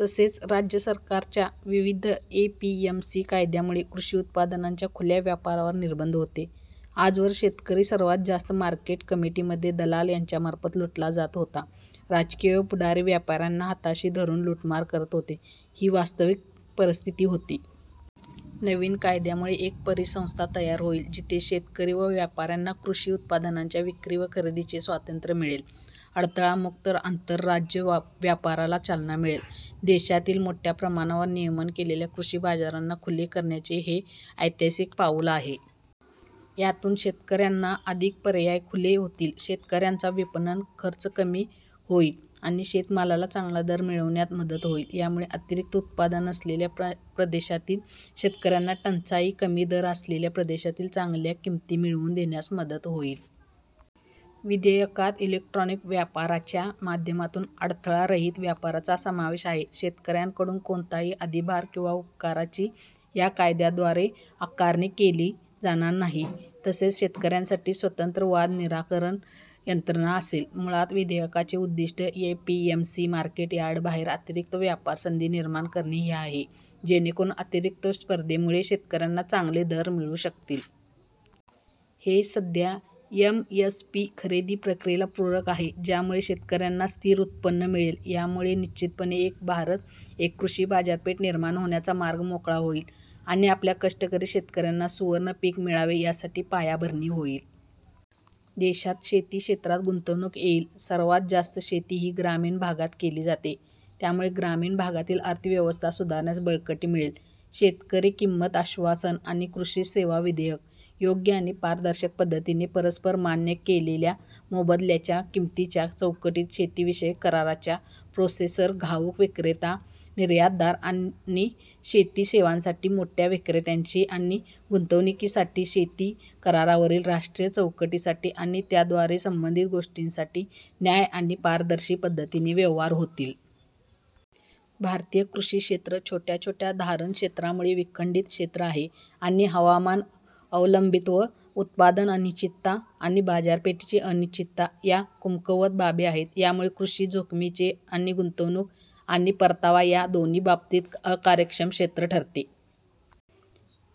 तसेच, राज्य सरकारांच्या विविध एपीएमसी कायद्यांमुळे कृषी उत्पादनांच्या खुल्या व्यापारावर निर्बंध होते. आजवर शेतकरी सर्वात जास्त मार्केट कमिटीमध्ये दलाल यांच्यामार्फत लुटला जात होता. राजकीय पुढारी व्यापाऱ्यांना हाताशी धरून लुटमार करत होते, ही वास्तविक परिस्थिती होती. नवीन कायद्यामुळे एक परिसंस्था तयार होईल, जिथे शेतकरी व व्यापाऱ्यांना कृषी उत्पादनांच्या विक्री व खरेदीचे स्वातंत्र्य मिळेल. अडथळामुक्त आंतरराज्य व्यापाराला चालना मिळेल. देशातील मोठ्या प्रमाणावर नियमन केलेल्या कृषी बाजारांना खुले करण्याचे हे ऐतिहासिक पाऊल आहे. यातून शेतकऱ्यांना अधिक पर्याय खुले होतील, शेतकऱ्यांचा विपणन खर्च कमी होईल आणि शेतमालाला चांगला दर मिळविण्यात मदत होईल. यामुळे अतिरिक्त उत्पादन असलेल्या प्रदेशांतील शेतकऱ्यांना टंचाई, कमी दर असलेल्या प्रदेशांतील चांगल्या किंमती मिळवून देण्यास मदत होईल. विधेयकात इलेक्ट्रॉनिक व्यापाराच्या माध्यमातून अडथळारहित व्यापाराचा समावेश आहे. शेतकऱ्यांकडून कोणताही अधिभार किंवा उपकराची या कायद्याद्वारे आकारणी केली जाणार नाही. तसेच शेतकऱ्यांसाठी स्वतंत्र वाद निराकरण यंत्रणा असेल. मुळात विधेयकाचे उद्दिष्ट एपीएमसी मार्केट यार्डबाहेर अतिरिक्त व्यापार संधी निर्माण करणे हे आहे, जेणेकरून अतिरिक्त स्पर्धेमुळे शेतकऱ्यांना चांगले दर मिळू शकतील. हे सध्या एमएसपी खरेदी प्रक्रियेला पूरक आहे, ज्यामुळे शेतकऱ्यांना स्थिर उत्पन्न मिळेल. यामुळे निश्चितपणे एक भारत, एक कृषी बाजारपेठ निर्माण होण्याचा मार्ग मोकळा होईल आणि आपल्या कष्टकरी शेतकऱ्यांना सुवर्ण पीक मिळावे यासाठी पायाभरणी होईल. देशात शेती क्षेत्रात गुंतवणूक येईल. सर्वात जास्त शेती ही ग्रामीण भागात केली जाते. त्यामुळे ग्रामीण भागातील अर्थव्यवस्था सुधारण्यास बळकटी मिळेल. शेतकरी किंमत आश्वासन आणि कृषी सेवा विधेयक, योग्य आणि पारदर्शक पद्धतीने परस्पर मान्य केलेल्या मोबदल्याच्या किंमतीच्या चौकटीत शेतीविषयक कराराच्या, प्रोसेसर, घाऊक विक्रेता, निर्यातदार किंवा शेती सेवांसाठी मोठ्या विक्रेत्यांशी आणि गुंतवणुकीसाठी शेती करारावरील राष्ट्रीय चौकटीसाठी आणि त्याद्वारे संबंधित गोष्टींसाठी न्याय आणि पारदर्शी पद्धतीने व्यवहार होतील. भारतीय कृषी क्षेत्र छोट्या छोट्या धारणक्षेत्रामुळे विखंडित क्षेत्र आहे आणि हवामान अवलंबित्व, उत्पादन अनिश्चितता आणि बाजारपेठेची अनिश्चितता या कमकुवत बाबी आहेत. यामुळे कृषी जोखमीचे आणि गुंतवणूक आणि परतावा या दोन्ही बाबतीत अकार्यक्षम क्षेत्र ठरते.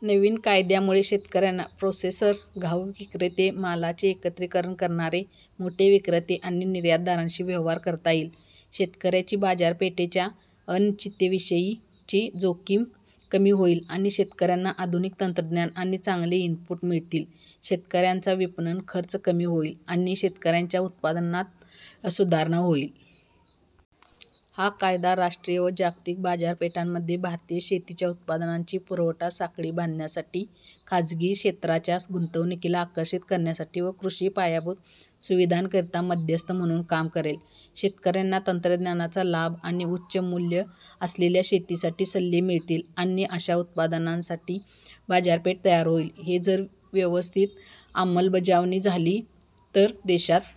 नवीन कायद्यामुळे शेतकऱ्यांना प्रोसेसर्स, घाऊक विक्रेते, मालाचे एकत्रिकरण करणारे, मोठे विक्रेते आणि निर्यातदारांशी व्यवहार करता येईल. शेतकऱ्याची बाजारपेठेच्या अनिश्चिततेविषयीची जोखीम कमी होईल आणि शेतकऱ्यांना आधुनिक तंत्रज्ञान आणि चांगले इनपुट मिळतील. शेतकऱ्यांचा विपणन खर्च कमी होईल आणि शेतकऱ्यांच्या उत्पन्नात सुधारणा होईल. हा कायदा राष्ट्रीय व जागतिक बाजारपेठांमध्ये भारतीय शेतीच्या उत्पादनांची पुरवठा साखळी बांधण्यासाठी खासगी क्षेत्राच्या गुंतवणुकीला आकर्षित करण्यासाठी व कृषी पायाभूत सुविधांकरिता मध्यस्थ म्हणून काम करेल. शेतकऱ्यांना तंत्रज्ञानाचा लाभ आणि उच्च मूल्य असलेल्या शेतीसाठी सल्ले मिळतील आणि अशा उत्पादनांसाठी बाजारपेठ तयार होईल. हे जर व्यवस्थित अंमलबजावणी झाली तर देशात